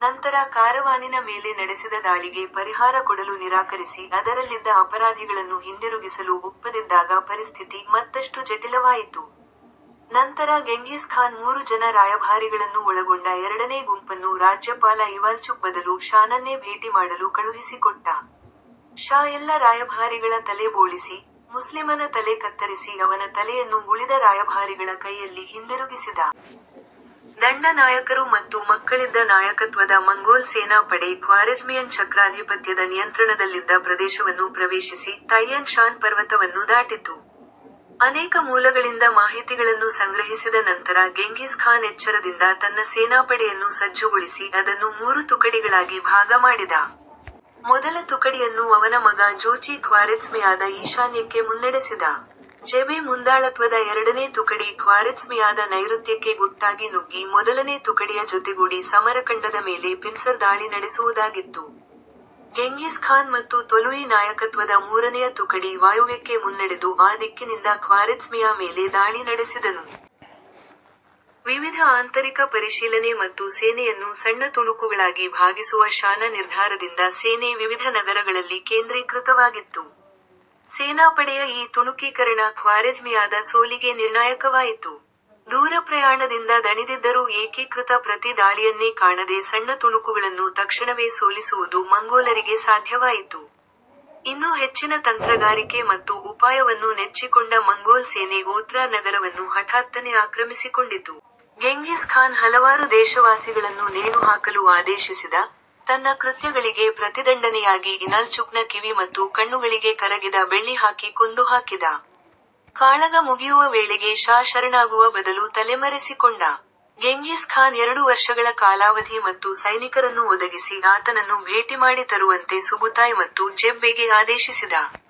ನಂತರ ಕಾರವಾನಿನ ಮೇಲೆ ನಡೆಸಿದ ದಾಳಿಗೆ ಪರಿಹಾರ ಕೊಡಲು ನಿರಾಕರಿಸಿ ಅದರಲ್ಲಿದ್ದ ಅಪರಾಧಿಗಳನ್ನು ಹಿಂದಿರುಗಿಸಲು ಒಪ್ಪದಿದ್ದಾಗ ಪರಿಸ್ಥಿತಿ ಮತ್ತಷ್ಟು ಜಟಿಲವಾಯಿತು. ನಂತರ ಗೆಂಘಿಸ್ ಖಾನ್ ಮೂರು ಜನ ರಾಯಭಾರಿಗಳ ನ್ನು ಒಳಗೊಂಡ ಎರಡನೆ ಗುಂಪನ್ನು ರಾಜ್ಯಪಾಲ ಇವಾಲ್ಚುಕ್ನ ಬದಲು ಷಾನನ್ನೇ ಭೇಟಿ ಮಾಡಲು ಕಳುಹಿಸಿಕೊಟ್ಟ. ಷಾ ಎಲ್ಲ ರಾಯಭಾರಿಗಳ ತಲೆ ಬೋಳಿಸಿ, ಮುಸ್ಲಿಮನ ತಲೆ ಕತ್ತರಿಸಿ ಅವನ ತಲೆಯನ್ನು ಉಳಿದ ರಾಯಭಾರಿಗಳ ಕೈಯಲ್ಲಿ ಹಿಂತಿರುಗಿಸಿದ. ದಂಡ ನಾಯಕರು ಮತ್ತು ಮಕ್ಕಳಿದ್ದ ನಾಯಕತ್ವದ ಮಂಗೋಲ್ ಸೇನಾ ಪಡೆ ಖ್ವಾರೆಝ್ಮಿಯನ್ ಚಕ್ರಾಧಿಪತ್ಯದ ನಿಯಂತ್ರಣದಲ್ಲಿದ್ದ ಪ್ರದೇಶವನ್ನು ಪ್ರವೇಶಿಸಿ ತೈಯನ್ ಶಾನ್ ಪರ್ವತವನ್ನು ದಾಟಿತು. ಅನೇಕ ಮೂಲಗಳಿಂದ ಮಾಹಿತಿಗಳನ್ನು ಸಂಗ್ರಹಿಸಿದ ನಂತರ ಗೆಂಘಿಸ್ ಖಾನ್ ಎಚ್ಚರದಿಂದ ತನ್ನ ಸೇನಾಪಡೆಯನ್ನು ಸಜ್ಜುಗೊಳಿಸಿ ಅದನ್ನು ಮೂರು ತುಕಡಿಗಳಾಗಿ ಭಾಗ ಮಾಡಿದ. ಮೊದಲ ತುಕಡಿಯನ್ನು ಅವನ ಮಗ ಜೋಚಿ ಖ್ವಾರೆಝ್ಮಿಯಾದ ಈಶಾನ್ಯಕ್ಕೆ ಮುನ್ನಡೆಸಿದ. ಜೆಬ್ನ ಮುಂದಾಳತ್ವದ ಎರಡನೇ ತುಕಡಿ ಖ್ವಾರೆಝ್ಮಿಯಾ ದ ನೈರುತ್ಯಕ್ಕೆ ಗುಟ್ಟಾಗಿ ನುಗ್ಗಿ ಮೊದಲನೆ ತುಕಡಿಯ ಜೊತೆಗೂಡಿ ಸಮರಕಂಡದ ಮೇಲೆ ಪಿನ್ಸರ್ ದಾಳಿ ನಡೆಸುವುದಾಗಿತ್ತು. ಗೆಂಘಿಸ್ ಖಾನ್ ಮತ್ತು ತೊಲೂಯಿ ನಾಯಕತ್ವದ ಮೂರನೆಯ ತುಕಡಿ ವಾಯುವ್ಯಕ್ಕೆ ಮುನ್ನಡೆದು ಆ ದಿಕ್ಕಿನಿಂದ ಖ್ವಾರೆಝ್ಮಿಯಾ ಮೇಲೆ ದಾಳಿ ನಡೆಸಿದನು. ವಿವಿಧ ಆಂತರಿಕ ಪರಿಶೀಲನೆ ಮತ್ತು ಸೇನೆಯನ್ನು ಸಣ್ಣ ತುಕಡಿಗಳಾಗಿ ಭಾಗಿಸುವ ಷಾನ ನಿರ್ಧಾರದಿಂದ ಸೇನೆ ವಿವಿಧ ನಗರಗಳಲ್ಲಿ ಕೇಂದ್ರೀಕೃತವಾಗಿತ್ತು. ಸೇನಾಪಡೆಯ ಈ ತುಕಡೀಕರಣ ಖ್ವಾರೆಝ್ಮಿಯಾದ ಸೋಲಿಗೆ ನಿರ್ಣಾಯಕವಾಯಿತು. ದೂರಪ್ರಯಾಣದಿಂದ ದಣಿದಿದ್ದರೂ ಏಕೀಕೃತ ಪ್ರತಿ ದಾಳಿಯನ್ನೇ ಕಾಣದೇ ಸಣ್ಣ ತುಕಡಿಗಳಾನ್ನು ತಕ್ಷಣವೇ ಸೋಲಿಸುವುದು ಮಂಗೋಲರಿಗೆ ಸಾಧ್ಯವಾಯಿತು. ಇನ್ನೂ ಹೆಚ್ಚಿನ ತಂತ್ರಗಾರಿಕೆ ಮತ್ತು ಉಪಾಯವನ್ನು ನೆಚ್ಚಿಕೊಂಡ ಮಂಗೋಲ್ ಸೇನೆ ಒತ್ರಾರ್ ನಗರವನ್ನು ಹಠಾತ್ತನೆ ಆಕ್ರಮಿಸಿಕೊಂಡಿತು. ಗೆಂಘಿಸ್ ಖಾನ್ ಹಲವಾರು ದೇಶವಾಸಿಗಳಾನ್ನು ನೇಣುಹಾಕಲು ಆದೇಶಿಸಿದ, ತನ್ನ ಕೃತ್ಯಗಳಿಗೆ ಪ್ರತಿದಂಡನೆಯಾಗಿ ಇನಾಲ್ಚುಖ್ನ ಕಿವಿ ಮತ್ತು ಕಣ್ಣುಗಳಿಗೆ ಕರಗಿದ ಬೆಳ್ಳಿ ಹಾಕಿ ಕೊಂದು ಹಾಕಿದ. ಕಾಳಗ ಮುಗಿಯುವ ವೇಳೆಗೆ ಷಾ ಶರಣಾಗುವ ಬದಲು ತಲೆಮರೆಸಿಕೊಂಡ. ಗೆಂಘಿಸ್ ಖಾನ್ ಎರಡು ವರ್ಷಗಳ ಕಾಲಾವಧಿ ಮತ್ತು ಸೈನಿಕರನ್ನು ಒದಗಿಸಿ ಆತನನ್ನು ಭೇಟಿಮಾಡಿ ತರುವಂತೆ ಸುಬುತಾಯ್ ಮತ್ತು ಜೆಬ್ಗೆ ಆದೇಶಿಸಿದ.